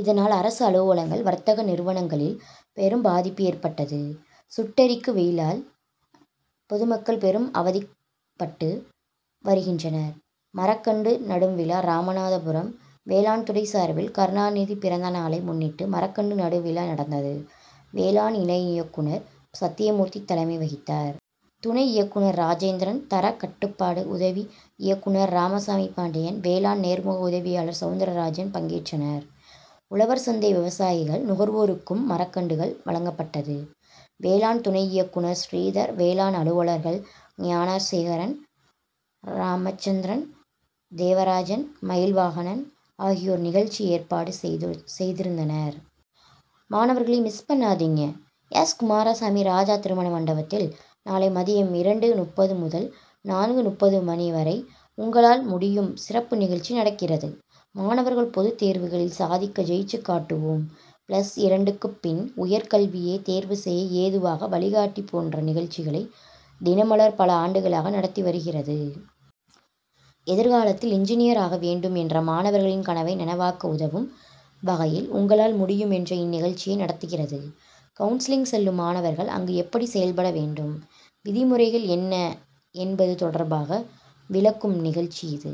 இதனால் அரசு அலுவலகங்கள், வர்த்தக நிறுவனங்களில் பெரும் பாதிப்பு ஏற்பட்டது. சுட்டெரிக்கு வெயிலால் பொதுமக்கள் பெரும் அவதிபட்டு வருகின்றனர். மரக்கன்று நடும்விழா ராமநாதபுரம்: வேளாண் துறை சார்பில் கருணாநிதி பிறந்த நாளை முன்னிட்டு மரக்கன்று நடும் விழா நடந்தது. வேளாண் இணை இயக்குனர் சத்தியமூர்த்தி தலைமை வகித்தார். துணை இயக்குனர் ராஜேந்திரன் தரக் கட்டுபாடு உதவி இயக்குனர் ராமசாமி பாண்டியன், வேளாண் நேர்முக உதவியாளர் சவுந்தராஜன் பங்கேற்றனர். உழவர் சந்தை விவசாயிகள், நுகர் வோருக்கும் மரக்கன்றுகள் வழங்கப்பட்டது. வேளாண் துணை இயக்குனர் ஸ்ரீதர், வேளாண் அலுவலர்கள் ஞானசேகரன், ராமசந்திரன், தேவராஜன், மயில்வாகனன் ஆகியோர் நிகழ்ச்சி ஏற்பாடு செய்திருந்தனர். மாணவர்களே மிஸ் பண்ணாதீங்க! எஸ். குமாரசாமி ராஜா திருமண மண்டபத்தில் நாளை மதியம் இரண்டு.முப்பது முதல் நான்கு.முப்பது மணி வரை உங்களால் முடியும் சிறப்பு நிகழ்ச்சி நடக்கிறது. மாணவர்கள் பொதுதேர்வுகளில் சாதிக்க ஜெயித்து காட்டுவோம்,'பிளஸ் இரண்டுக்கு பின் உயர் கல்வியை தேர்வு செய்ய ஏதுவாக வழிகாட்டி போன்ற நிகழ்ச்சிகளை தினமலர் பல ஆண்டுகளாக நடத்தி வருகிறது. எதிர்காலத்தில் இன்ஜினியர் ஆக வேண்டும் என்ற மாணவர்களின் கனவை நனவாக்க உதவும் வகையில் உங்களால் முடியும்' என்ற இந்நிகழ்ச்சியை நடத்துகிறது. கவுன்சிலிங் செல்லும் மாணவர்கள் அங்கு எப்படி செயல்பட வேண்டும், விதிமுறைகள் என்ன என்பது தொடர்பாக விளக்கும் நிகழ்ச்சி இது.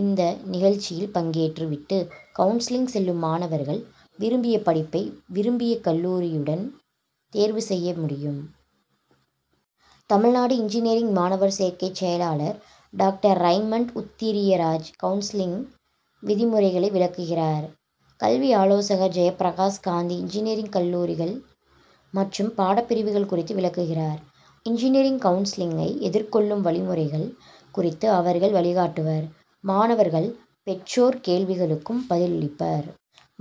இந்த நிகழ்ச்சியில் பங்கேற்று விட்டு கவுன்சிலிங் செல்லும் மாணவர்கள் விரும்பிய படிப்பை, விரும்பிய கல்லூரியை உடன் தேர்வு செய்ய முடியும். தமிழ்நாடு இன்ஜினியரிங் மாணவர் சேர்க்கை செயலாளர் டாக்டர் றைமண்ட் உத்திரியராஜ் கவுன்சிலிங் விதிமுறைகளை விளக்குகிறார். கல்வி ஆலோசகர் ஜெயப்பிரகாஷ் காந்தி இன்ஜினியரிங் கல்லூரிகள் மற்றும் பாடப்பிரிவுகள் குறித்து விளக்குகிறார். இன்ஜினியரிங் கவுன்சிலிங்கை எதிர்கொள்ளும் வழிமுறைகள் குறித்து அவர்கள் வழிகாட்டுவர். மாணவர்கள், பெற் றோர் கேள்விகளுக்கும் பதிலளிப்பர்.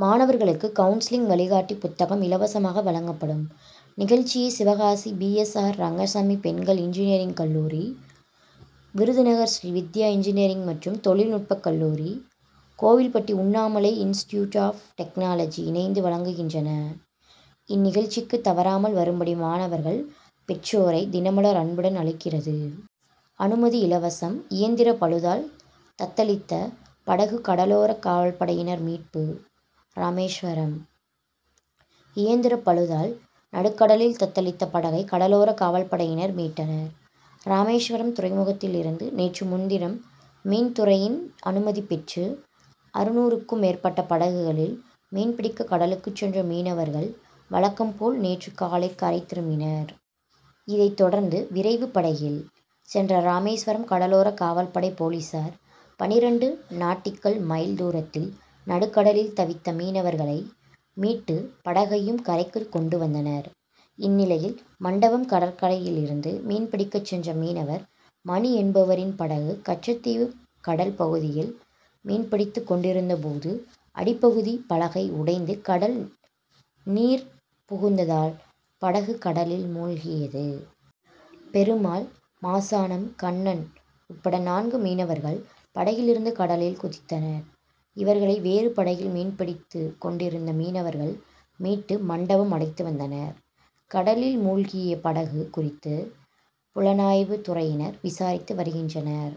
மாணவர்களுக்கு கவுன்சிலிங் வழிகாட்டி புத்தகம் இலவசமாக வழங்கப்படும். நிகழ்ச்சியை Sivakasi P. S. R. Rengasamy பெண்கள் இன்ஜினியரிங் கல்லூரி, விருதுநகர் ஸ்ரீ வித்யா இன்ஜினியரிங் மற்றும் தொழில் நுட்ப கல்லூரி, Kovilpatti Unnamalai institute of technology இணைந்து வழங்குகின்றன. இந்நிகழ்ச்சிக்கு தவறாமல் வரும்படி மாணவர்கள், பெற்றோரை தினமலர் அன்புடன் அழைக்கிறது. அனுமதி இலவசம். இயந்திர பழுதால் தத்தளித்த படகு கடலோர காவல்படையினர் மீட்பு ராமேஸ்வரம்: இயந்திர பழுதால் நடுக்கடலில் தத்தளித்த படகை கடலோர காவல்படையினர் மீட்டனர். ராமேஸ்வரம் துறைமுகத்திலிருந்து நேற்று முன்தினம் மீன்துறையின் அனுமதி பெற்று அறுநூறுக்கு மேற்பட்ட படகுகளில் மீன்பிடிக்க கடலுக்கு சென்ற மீனவர்கள், வழக்கம் போல் நேற்று காலை கரை திரும்பினர். இதை தொடர்ந்து விரைவு படகில் சென்ற ராமேஸ்வரம் கடலோர காவல்படை போலீசார், பன்னிரண்டு நாட்டிகல்மைல் தூரத்தில் நடுக்கடலில் தவித்த மீனவர்களை மீட்டு படகையும் கரைக்கு கொண்டு வந்தனர். இந்நிலையில், மண்டபம் கடற்கரையிலிருந்து மீன்பிடிக்க சென்ற மீனவர் மணி என்பவரின் படகு கச்சத்தீவு கடல் பகுதியில் மீன்பிடித்து கொண்டிருக்கும்போது, அடிப்பகுதி பலகை உடைந்து கடல் நீர் புகுந்ததால், படகு கடலில் மூழ்கியது. பெருமாள், மாசானம், கண்ணன் உட்பட நான்கு மீனவர்கள் படகிலிருந்து கடலில் குதித்தனர். இவர்களை வேறு படகில் மீன்பிடித்து கொண்டிருந்த மீனவர்கள் மீட்டு மண்டபம் அழைத்து வந்தனர். கடலில் மூழ்கிய படகு குறித்து புலனாய்வு துறையினர் விசாரித்து வருகின்றனர்.